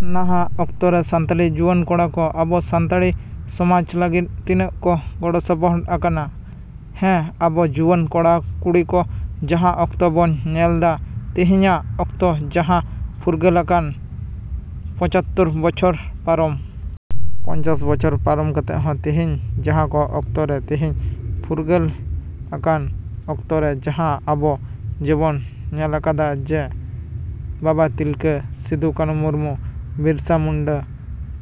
‎ᱱᱟᱦᱟᱜ ᱚᱠᱛᱚ ᱨᱮ ᱥᱟᱱᱛᱟᱞᱤ ᱡᱩᱣᱟᱹᱱ ᱠᱚᱲᱟ ᱠᱚ ᱟᱵᱚ ᱥᱟᱱᱛᱟᱲᱤ ᱥᱚᱢᱟᱡᱽ ᱞᱟᱹᱜᱤᱫ ᱛᱤᱱᱟᱹᱜ ᱠᱚ ᱜᱚᱲᱚ ᱥᱚᱯᱚᱦᱚᱫᱚᱜ ᱟᱠᱟᱱᱟ? ᱦᱮᱸ, ᱟᱵᱚ ᱡᱩᱣᱟᱹᱱ ᱠᱚᱲᱟ ᱠᱩᱲᱤ ᱠᱚ ᱡᱟᱦᱟᱸ ᱚᱠᱛᱚ ᱵᱚᱱ ᱧᱮᱞᱮᱫᱟ ᱛᱤᱦᱤᱧᱟᱜ ᱚᱠᱛᱚ ᱡᱟᱦᱟᱸ ᱯᱷᱩᱨᱜᱟᱹᱞᱟᱠᱟᱱ ᱯᱚᱸᱪᱟᱛᱛᱳᱨ ᱵᱚᱪᱷᱚᱨ ᱯᱟᱨᱚᱢ, ᱯᱚᱧᱪᱟᱥ ᱵᱚᱪᱷᱚᱨ ᱯᱟᱨᱚᱢ ᱠᱟᱛᱮᱫ ᱦᱚᱸ ᱛᱤᱦᱤᱧ ᱡᱟᱦᱟᱸ ᱠᱚ ᱚᱠᱛᱚ ᱨᱮ ᱛᱤᱦᱤᱧ ᱯᱷᱩᱨᱜᱟᱹᱞᱟᱠᱟᱱ ᱚᱠᱛᱚ ᱨᱮ ᱡᱟᱦᱟᱸ ᱟᱵᱚ ᱡᱮᱵᱚᱱ ᱧᱮᱞᱟᱠᱟᱫᱟ ᱡᱮ, ᱵᱟᱵᱟ ᱛᱤᱞᱠᱟᱹ, ᱥᱤᱫᱩ ᱠᱟᱱᱩ ᱢᱩᱨᱢᱩ, ᱵᱤᱨᱥᱟᱹ ᱢᱩᱱᱰᱟᱹ,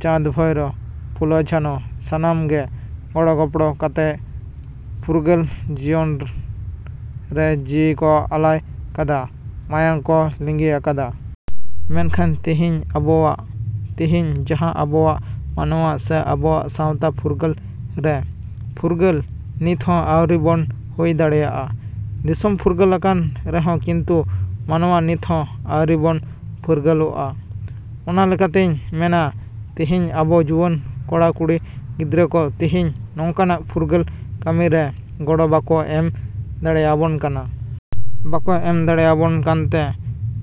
ᱪᱟᱸᱫ ᱵᱷᱟᱭᱨᱳ, ᱯᱷᱩᱞᱳ ᱡᱷᱟᱱᱳ, ᱥᱟᱱᱟᱢ ᱜᱮ ᱜᱚᱲᱚᱜᱚᱯᱚᱲᱚ ᱠᱟᱛᱮ ᱯᱷᱩᱨᱜᱟᱹᱞ ᱡᱤᱭᱚᱱ ᱨᱮ ᱡᱤᱣᱤ ᱠᱚ ᱟᱞᱟᱭ ᱠᱟᱫᱟ, ᱢᱟᱭᱟᱝ ᱠᱚ ᱞᱤᱸᱜᱤ ᱟᱠᱟᱫᱟ᱾ ᱢᱮᱱᱠᱷᱟᱱ ᱛᱤᱦᱤᱧ ᱟᱵᱚᱣᱟᱜ, ᱛᱤᱦᱤᱧ ᱡᱟᱦᱟᱸ ᱟᱵᱚᱣᱟᱜ ᱢᱟᱱᱣᱟ ᱥᱮ ᱟᱵᱚᱣᱟᱜ ᱥᱟᱶᱛᱟ ᱯᱷᱩᱨᱜᱟᱹᱞ ᱨᱮ ᱯᱷᱩᱨᱜᱟᱹᱞ ᱱᱤᱛ ᱦᱚᱸ ᱟᱹᱣᱨᱤ ᱵᱚᱱ ᱦᱩᱭ ᱫᱟᱲᱮᱭᱟᱜᱼᱟ᱾ ᱫᱤᱥᱚᱢ ᱯᱷᱩᱨᱜᱟᱹᱞ ᱟᱠᱟᱱ ᱨᱮᱦᱚᱸ ᱠᱤᱱᱛᱩ ᱢᱟᱱᱣᱟ ᱱᱤᱛ ᱦᱚᱸ ᱟᱣᱨᱤ ᱵᱚᱱ ᱯᱷᱩᱨᱜᱟᱹᱞᱚᱜᱼᱟ᱾ ᱚᱱᱟ ᱞᱮᱠᱟᱛᱤᱧ ᱢᱮᱱᱟ ᱛᱤᱦᱤᱧ ᱟᱵᱚ ᱡᱩᱣᱟᱹᱱ ᱠᱚᱲᱟ ᱠᱩᱲᱤ ᱜᱤᱫᱽᱨᱟᱹ ᱠᱚ ᱛᱤᱦᱤᱧ ᱱᱚᱝᱠᱟᱱᱟᱜ ᱯᱷᱩᱨᱜᱟᱹᱞ ᱠᱟᱹᱢᱤ ᱨᱮ ᱜᱚᱲᱚ ᱵᱟᱠᱚ ᱮᱢ ᱫᱟᱲᱮᱭᱟᱵᱚᱱ ᱠᱟᱱᱟ᱾ ᱵᱟᱠᱚ ᱮᱢ ᱫᱟᱲᱮᱭᱟᱵᱚᱱ ᱠᱟᱱᱛᱮ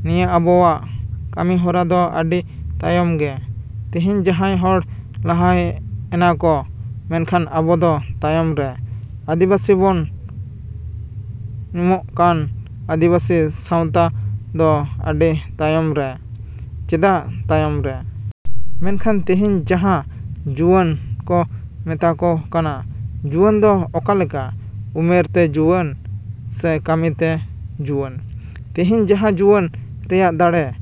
ᱱᱤᱭᱟᱹ ᱟᱵᱚᱣᱟᱜ ᱠᱟᱹᱢᱤᱦᱚᱨᱟ ᱫᱚ ᱟᱹᱰᱤ ᱛᱟᱭᱚᱢ ᱜᱮ᱾ ᱛᱤᱦᱤᱧ ᱡᱟᱦᱟᱸᱭ ᱦᱚᱲ ᱞᱟᱦᱟᱭ ᱮᱱᱟᱠᱚ ᱢᱮᱱᱠᱟᱷᱟᱱ ᱟᱵᱚ ᱫᱚ ᱛᱟᱭᱚᱢ ᱨᱮ᱾ ᱟᱹᱫᱤᱵᱟᱹᱥᱤ ᱵᱚᱱ ᱧᱩᱢᱩᱜ ᱠᱟᱱᱟ, ᱟᱹᱫᱤᱵᱟᱹᱥᱤ ᱥᱟᱶᱛᱟ ᱫᱚ ᱟᱹᱰᱤ ᱛᱟᱭᱚᱢ ᱨᱮ᱾ ᱪᱮᱫᱟᱜ ᱛᱟᱭᱚᱢ ᱨᱮ? ᱢᱮᱱᱠᱷᱟᱱ ᱛᱤᱦᱤᱧ ᱡᱟᱦᱟᱸ ᱡᱩᱣᱟᱹᱱ ᱠᱚ ᱢᱮᱛᱟ ᱠᱚ ᱠᱟᱱᱟ, ᱡᱩᱣᱟᱹᱱ ᱫᱚ ᱚᱠᱟᱞᱮᱠᱟ, ᱩᱢᱮᱨ ᱛᱮ ᱡᱩᱣᱟᱹᱱ ᱥᱮ ᱠᱟᱹᱢᱤ ᱛᱮ ᱡᱩᱣᱟᱹᱱ? ᱛᱤᱦᱤᱧ ᱡᱟᱦᱟᱸ ᱡᱩᱣᱟᱹᱱ ᱨᱮᱭᱟᱜ ᱫᱟᱲᱮ,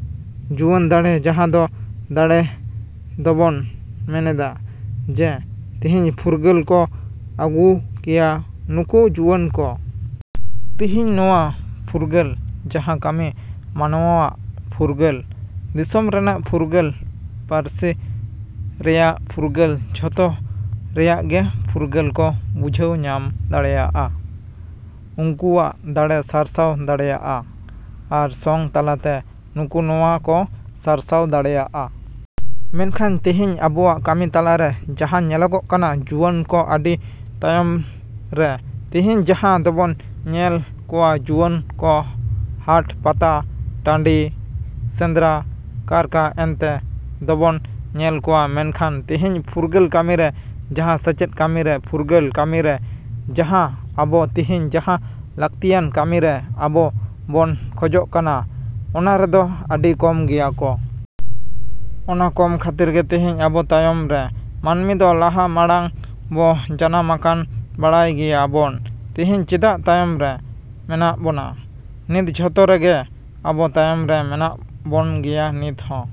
ᱡᱩᱣᱟᱹᱱ ᱫᱟᱲᱮ ᱡᱟᱦᱟᱸ ᱫᱚ ᱫᱟᱲᱮ ᱫᱚᱵᱚᱱ ᱢᱮᱱᱮᱫᱟ᱾ ᱡᱮ, ᱛᱤᱦᱤᱧ ᱯᱷᱩᱨᱜᱟᱹᱞ ᱠᱚ ᱟᱹᱜᱩ ᱠᱮᱭᱟ ᱱᱩᱠᱩ ᱡᱩᱣᱟᱹᱱ ᱠᱚ᱾ ᱛᱤᱦᱤᱧ ᱱᱚᱣᱟ ᱯᱷᱩᱨᱜᱟᱹᱞ ᱡᱟᱦᱟᱸ ᱠᱟᱹᱢᱤ ᱢᱟᱱᱣᱟᱣᱟᱜ ᱯᱷᱩᱨᱜᱟᱹᱞ, ᱫᱤᱥᱚᱢ ᱨᱮᱱᱟᱜ ᱯᱷᱩᱨᱜᱟᱹᱞ, ᱯᱟᱹᱨᱥᱤ ᱨᱮᱭᱟᱜ ᱯᱷᱩᱨᱜᱟᱹᱞ, ᱡᱚᱛᱚ ᱨᱮᱭᱟᱜ ᱜᱮ ᱯᱷᱩᱨᱜᱟᱹᱞ ᱠᱚ ᱵᱩᱡᱷᱟᱹᱣ ᱧᱟᱢ ᱫᱟᱲᱮᱭᱟᱜᱼᱟ᱾ ᱩᱝᱠᱩᱣᱟᱜ ᱫᱟᱲᱮ ᱥᱟᱨᱥᱟᱣ ᱫᱟᱲᱮᱭᱟᱜᱼᱟ᱾ ᱟᱨ ᱥᱚᱝᱜᱽ ᱛᱟᱞᱟᱛᱮ ᱱᱩᱠᱩ ᱱᱚᱣᱟ ᱠᱚ ᱥᱟᱨᱥᱟᱣ ᱫᱟᱲᱮᱭᱟᱜᱼᱟ᱾ ᱢᱮᱱᱠᱷᱟᱱ ᱛᱤᱦᱤᱧ ᱟᱵᱚᱣᱟᱜ ᱠᱟᱹᱢᱤ ᱛᱟᱞᱟ ᱨᱮ ᱡᱟᱦᱟᱸ ᱧᱮᱞᱚᱜᱚᱜ ᱠᱟᱱᱟ ᱡᱩᱣᱟᱹᱱ ᱠᱚ ᱟᱹᱰᱤ ᱛᱟᱭᱚᱢ ᱨᱮ ᱛᱤᱦᱤᱧ ᱡᱟᱦᱟᱸ ᱫᱚᱵᱚᱱ ᱧᱮᱞ ᱠᱚᱣᱟ ᱡᱩᱣᱟᱹᱱ ᱠᱚ ᱦᱟᱴ, ᱯᱟᱛᱟ ᱴᱟᱺᱰᱤ, ᱥᱮᱸᱫᱽᱨᱟ, ᱠᱟᱨᱠᱟ ᱚᱱᱛᱮ ᱫᱚᱵᱚᱱ ᱧᱮᱞ ᱠᱚᱣᱟ ᱢᱮᱱᱠᱷᱟᱱ ᱛᱤᱦᱤᱧ ᱯᱷᱩᱨᱜᱟᱹᱞ ᱠᱟᱹᱢᱤ ᱨᱮ ᱡᱟᱦᱟᱸ ᱥᱮᱪᱮᱫ ᱠᱟᱹᱢᱤ ᱨᱮ ᱯᱷᱩᱨᱜᱟᱹᱞ ᱠᱟᱹᱢᱤ ᱨᱮ ᱡᱟᱦᱟᱸ ᱟᱵᱚ ᱛᱤᱦᱤᱧ ᱡᱟᱦᱟᱸ ᱞᱟᱹᱠᱛᱤᱭᱟᱱ ᱠᱟᱹᱢᱤ ᱨᱮ ᱟᱵᱚ ᱵᱚᱱ ᱠᱷᱚᱡᱚᱜ ᱠᱟᱱᱟ, ᱚᱱᱟ ᱨᱮᱫᱚ ᱟᱹᱰᱤ ᱠᱚᱢ ᱜᱮᱭᱟ ᱠᱚ᱾ ᱚᱱᱟ ᱠᱚᱢ ᱠᱷᱟᱹᱛᱤᱨ ᱜᱮ ᱛᱤᱦᱤᱧ ᱟᱵᱚ ᱛᱟᱭᱚᱢ ᱨᱮ ᱢᱟ.ᱱᱢᱤ ᱫᱚ ᱞᱟᱦᱟ ᱢᱟᱲᱟᱝ ᱵᱚ ᱡᱟᱱᱟᱢ ᱟᱠᱟᱱᱟ ᱵᱟᱲᱟᱭ ᱜᱮᱭᱟ ᱵᱚᱱ ᱛᱤᱦᱤᱧ ᱪᱮᱫᱟᱜ ᱛᱟᱭᱚᱢ ᱨᱮ ᱢᱮᱱᱟᱜ ᱵᱚᱱᱟ? ᱱᱤᱛ ᱡᱚᱛᱚ ᱨᱮᱜᱮ ᱟᱵᱚ ᱛᱟᱭᱚᱢ ᱨᱮ ᱢᱮᱱᱟᱜ ᱵᱚᱱ ᱜᱮᱭᱟ ᱱᱤᱛ ᱦᱚ᱾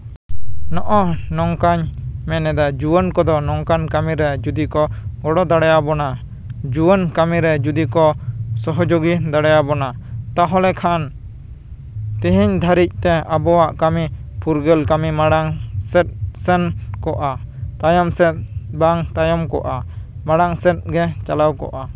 ᱱᱚᱜᱼᱚ ᱱᱚᱝᱠᱟᱧ ᱢᱮᱱᱮᱫᱟ ᱡᱩᱣᱟᱹᱱ ᱠᱚᱫᱚ ᱱᱚᱝᱠᱟᱱ ᱠᱟᱹᱢᱤ ᱨᱮ ᱡᱩᱫᱤ ᱠᱚ ᱜᱚᱲᱚ ᱫᱟᱲᱮᱭᱟᱵᱚᱱᱟ ᱡᱩᱣᱟᱹᱱ ᱠᱟᱹᱢᱤ ᱨᱮ ᱡᱩᱫᱤ ᱠᱚ ᱥᱚᱦᱚᱡᱳᱜᱤ ᱫᱟᱲᱮᱭᱟᱵᱚᱱᱟ, ᱛᱟᱦᱚᱞᱮ ᱠᱷᱟᱱ ᱛᱤᱦᱤᱧ ᱫᱷᱟᱹᱨᱤᱡ ᱛᱮ ᱟᱵᱚᱣᱟᱜ ᱠᱟᱹᱢᱤ ᱯᱷᱩᱨᱜᱟᱹᱞ ᱠᱟᱹᱢᱤ ᱢᱟᱲᱟᱝ ᱥᱮᱫ ᱥᱮᱱ ᱠᱚᱜ ᱟ ᱛᱟᱭᱚᱢ ᱥᱮᱫ ᱵᱟᱝ ᱛᱟᱭᱚᱢ ᱠᱚᱜᱼᱟ, ᱢᱟᱲᱟᱝ ᱥᱮᱫ ᱜᱮ ᱪᱟᱞᱟᱣ ᱠᱚᱜᱼᱟ᱾